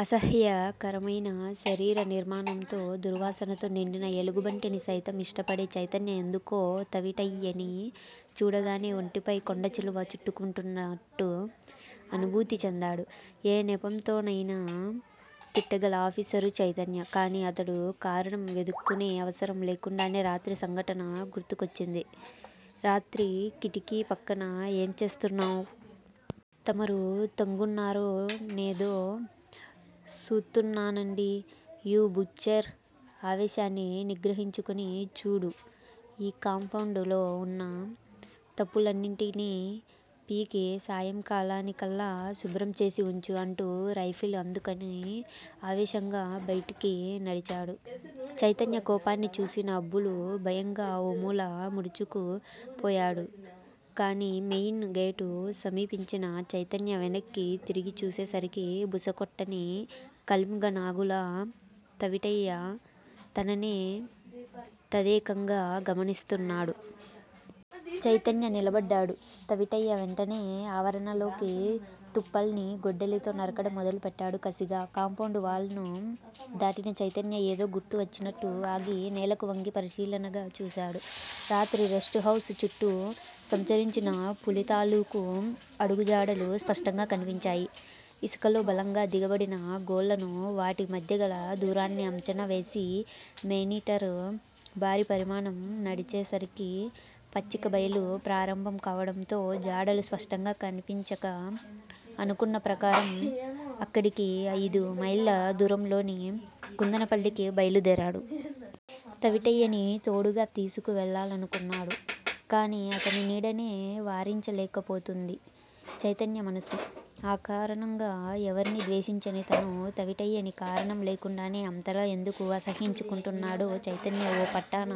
అసహ్యకరమయిన శరీర నిర్మాణంతో, దుర్వాసనతో నిండిన ఎలుగుబంటిని సైతం ఇష్టపడే చైతన్య ఎందుకో తవిటయ్యని చూడగానే ఒంటిపై కొండచిలువ చుట్టుకుంటున్నట్టు అనుభూతి చెందాడు. ఏ నెపంతోనయినా తిట్టగల ఆఫీసరు చైతన్య. కాని, అతడు కారణం వెదుక్కునే అవసరం లేకుండానే రాత్రి సంఘటన గుర్తుకొచ్చింది. రాత్రి కిటికీ పక్కన ఏం చేస్తున్నావు? తమరు తొంగున్నారో, నేదో సూతున్నానండి. You butcher! ఆవేశాన్ని నిగ్రహించుకుని, చూడూ! ఈ కాంపౌండ్ లోవున్న తుప్పులన్నింటినీ పీకి సాయంకాలానికల్లా శుభ్రం చేసి వుంచు అంటూ రైఫిల్ అందుకుని ఆవేశంగా బయటికినడిచాడు. చైతన్య కోపాన్ని చూసిన అబ్బులు భయంగా ఓమూల ముడుచుకు పోయాడు. కాని__ మెయిన్ గేటు సమీపించిన చైతన్య వెనక్కి తిరిగి చూసేసరికి బుసకొట్టని కళింగనాగులా తవిటయ్య తననే తదేకంగా గమనిస్తున్నాడు. చైతన్య నిలబడ్డాడు. తవిటయ్య వెంటనే ఆవరణలోకి తుప్పల్ని గొడ్డలితో నరకడం మొదలు పెట్టాడు కసిగా. కాంపౌండ్ వాల్ ను దాటిన చైతన్య ఏదో గుర్తు వచ్చినట్టు ఆగి నేలకు వంగి పరిశీలనగా చూశాడు. రాత్రి రెస్టుహౌస్ చుట్టూ సంచరించిన పులితాలూకు అడుగుజాడలు స్పష్టంగా కనిపించాయి. ఇసకలో బలంగా దిగబడిన గోళ్ళను వాటి మధ్యగల దూరాన్ని అంచనావేసి మేనీటర్ భారీ పరిమాణం నడిచేసరికి పచ్చిక బయలు ప్రారంభం కావడంతో జాడలు స్పష్టంగా కనిపించక, అనుకున్న ప్రకారం అక్కడికి అయిదు మైళ్ళ దూరంలోని కుందనపల్లికి బయలుదేరాడు. తవిటయ్యని తోడుగా తీసుకు వెళ్ళాలనుకున్నాడు కాని, అతని నీడనే వారించలేకపోతూంది చైతన్య మనసు. ఆకారణంగా ఎవర్నీ ద్వేషించని తను తవిటయ్యని కారణం లేకుండానే అంతలా ఎందుకు అసహ్యించుకుంటున్నాడో చైతన్య ఓ పట్టాన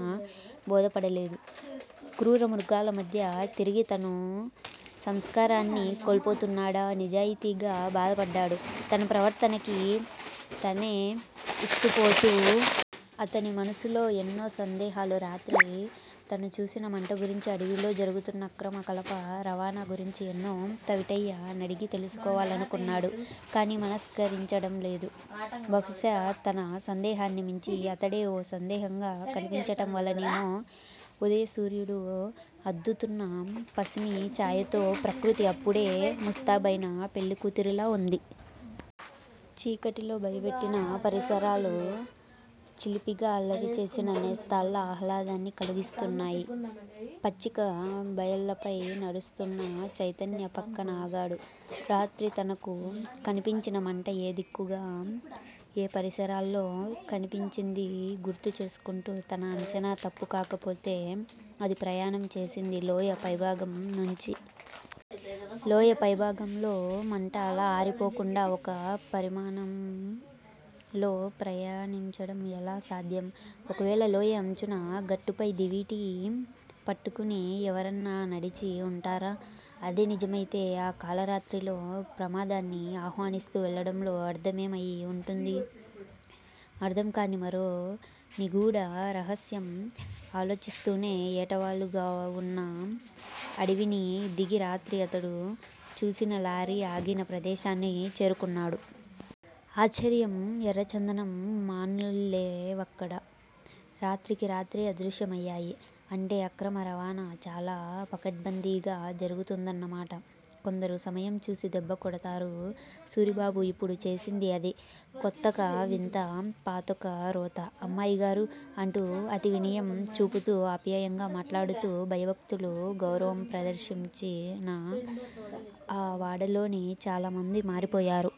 బోధపడలేదు. క్రూరమృగాల మధ్య తిరిగి తనూ సంస్కారాన్ని కోల్పోతున్నాడా? నిజాయితీగా బాధపడ్డాడు తన ప్రవర్తనకి తనే విస్తుపోతూ. అతని మనసులో ఎన్నో సందేహాలూ రాత్రి తనుచూసిన మంట గురించి, అడవిలో జరుగుతున్న అక్రమ కలప రవాణాగురించి ఎన్నో తవిటయ్య నడిగి తెలుసుకోవాలనుకున్నాడు. కాని, మనస్కరించడంలేదు. బహుశా తన సందేహాన్ని మించి అతడే ఓ సందేహంగా కనిపించటం వలనేమో. ఉదయ సూర్యుడు అద్దుతున్న పసిమి చాయతో ప్రకృతి అప్పుడే ముస్తాబైన పెళ్ళికూతురిలా వుంది. చీకటిలో భయపెట్టిన పరిసరాలు చిలిపిగా అల్లరిచేసిన నేస్తాల్లా ఆహ్లాదాన్ని కలిగిస్తున్నాయి. పచ్చిక బయళ్ళపై నడుస్తున్న చైతన్య పక్కన ఆగాడు, రాత్రి తనకు కనిపించిన మంట ఏ దిక్కుగా, ఏ పరిసరాల్లో కనిపించిందీ గుర్తు చేసుకుంటూ. తన అంచనా తప్పుకాకపోతే అది ప్రయాణం చేసింది లోయ పైభాగం నుంచి. లోయ పైభాగంలో మంట అలా ఆరిపోకుండా ఒక పరిమాణంలో ప్రయాణించడం ఎలా సాధ్యం. ఒకవేళ లోయ అంచున గట్టుపై దివిటీ పట్టుకుని ఎవరన్నానడిచి ఉంటారా? అదే నిజమయితే ఆ కాళరాత్రిలో ప్రమాదాన్ని ఆహ్వానిస్తూ వెళ్ళడంలో అర్ధమేమయి వుంటుంది? అర్ధం కాని మరో నిగూఢ రహస్యం. ఆలోచిస్తూనే ఏటవాలుగావున్న అడవిని దిగి రాత్రి అతడు చూసిన లారీ ఆగిన ప్రదేశాన్ని చేరుకున్నాడు. ఆశ్చర్యం. ఎర్రచందనం మానుల్లేవక్కడ. రాత్రికి రాత్రే అదృశ్యమయ్యాయి. అంటే అక్రమ రవాణా చాలా పకడ్భందీగా జరుగుతుందన్నమాట. కొందరు సమయంచూసి దెబ్బకొడతారు. సూరిబాబు ఇప్పుడు చేసింది అదే. కొత్తొక వింత పాతొక రోత! అమ్మాయిగారూ! అంటూ అతివినయం చూపుతూ ఆప్యాయంగా మాట్లాడుతూ భయభక్తులు గౌరవం ప్రదర్శించిన ఆ వాడలోని చాలామంది మారిపోయారు.